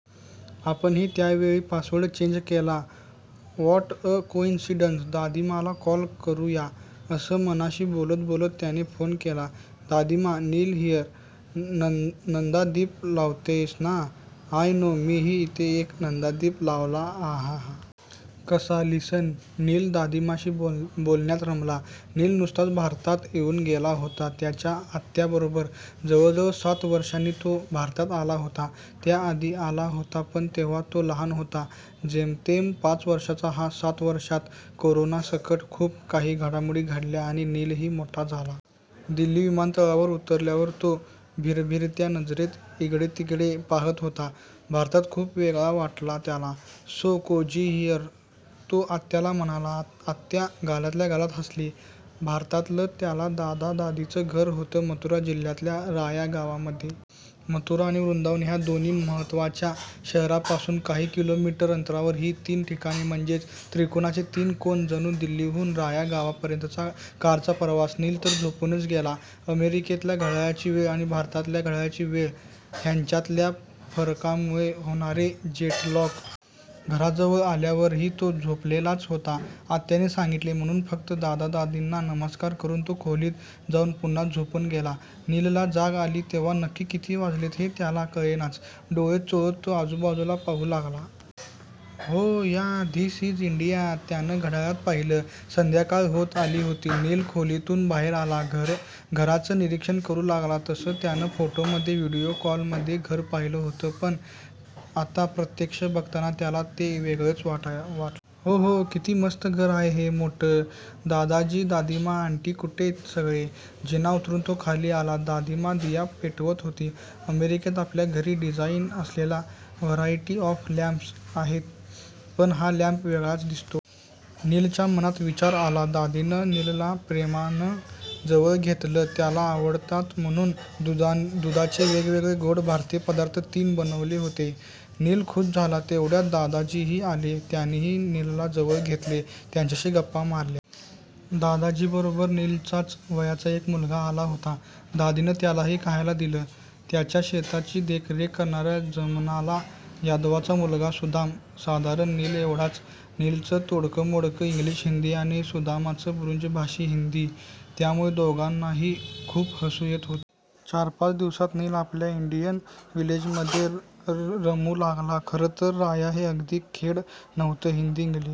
आपणही त्याचवेळी password change केला. What a coincidence! दादीमाला कॉल करू या.' असं मनाशी बोलत बोलत त्यानं फोन केला. "दादीमाऽऽ... नील हियर. नंदादीप लावतेयस ना? I know. मीही इथे एक नंदादीप लावला. हा हा... कसा? लिसन..." नील दादीमाशी बोलण्यात रमला. नील नुकताच भारतात येऊन गेला होता. त्याच्या आत्याबरोबर. जवळजवळ सात वर्षांनी तो भारतात आला होता. त्याआधी आला होता, पण तेव्हा तो लहान होता. जेमतेम पाच वर्षांचा. ह्या सात वर्षांत करोनासकट खूप काही घडामोडी घडल्या आणि नीलही मोठा झाला. दिल्ली विमानतळावर उतरल्यावर तो भिरभिरत्या नजरेनं इकडेतिकडे पाहात होता. भारत खूप वेगळा वाटला त्याला. "So cozy here." तो आत्याला म्हणाला. आत्या गालातल्या गालात हसली. भारतातलं त्याच्या दादा-दादीचं घर होतं मथुरा जिल्ह्यातल्या राया गावामध्ये. मथुरा आणि वृंदावन ह्या दोन्ही महत्त्वाच्या शहरांपासून काही किलोमीटर अंतरावर. ही तीन ठिकाणं म्हणजे त्रिकोणाचे तीन कोन जणू. दिल्लीहून राया गावापर्यंतचा कारचा प्रवास. नील तर झोपूनच गेला. अमेरिकेतल्या घड्याळाची वेळ आणि भारतातल्या घड्याळाची वेळ, ह्यांच्यातल्या फरकामुळे होणारा जेटलॅग. घराजवळ आल्यावरही तो झोपाळलेलाच होता. आत्याने सांगितलं, म्हणून फक्त दादा-दादींना नमस्कार करून तो खोलीत जाऊन पुन्हा झोपून गेला. नीलला जाग आली तेव्हा नक्की किती वाजलेत, हे त्याला कळेचना. डोळे चोळत तो आजूबाजूला पाहू लागला. 'Oh yeah... this is India.' त्यानं घड्याळात पाहिलं. संध्याकाळ होत आली होती. नील खोलीतून बाहेर आला. घराचं निरीक्षण करू लागला. तसं त्यानं फोटोमध्ये, व्हिडिओ कॉलमध्ये घर पाहिलं होतं. पण आता प्रत्यक्ष बघताना त्याला ते वेगळंच वाटलं. 'ओहो... किती मस्त घर आहे हे. मोठ्ठं. दादाजी, दादीमा, आन्टी? कुठेत सगळे?' जिना उतरून तो खाली आला. दादीमा दिया पेटवत होती. 'अमेरिकेत आपल्या घरी डिझाइन असलेले व्हरायटी ऑफ लॅम्प्स आहेत, पण हा लॅम्प वेगळाच दिसतोय.' नीलच्या मनात विचार आला. दादीनं नीलला प्रेमानं जवळ घेतलं. त्याला आवडतात म्हणून दुधाचे वेगवेगळे गोड भारतीय पदार्थ तिनं बनवले होते. नील खूश झाला. तेवढ्यात दादाजीही आले. त्यांनीही नीलला जवळ घेतलं. त्याच्याशी गप्पा मारल्या. दादाजींबरोबर नीलच्याच वयाचा एक मुलगा आला होता. दादीनं त्यालाही खायला दिलं. त्यांच्या शेताची देखरेख करणाऱ्या जमनालाल यादवांचा मुलगा सुदाम. साधारण नीलएवढाच. नीलचं तोडकंमोडकं इंग्लिश-हिन्दी आणि सुदामचं बृजभाषी हिन्दी, त्यामुळे दोघांनाही खूप हसू येत होतं. चार-पाच दिवसांत नील आपल्या इंडियन व्हिलेजमध्ये रमू लागला. खरंतर राया हे अगदी खेडं नव्हतं. हिन्दी-इंग्लिश...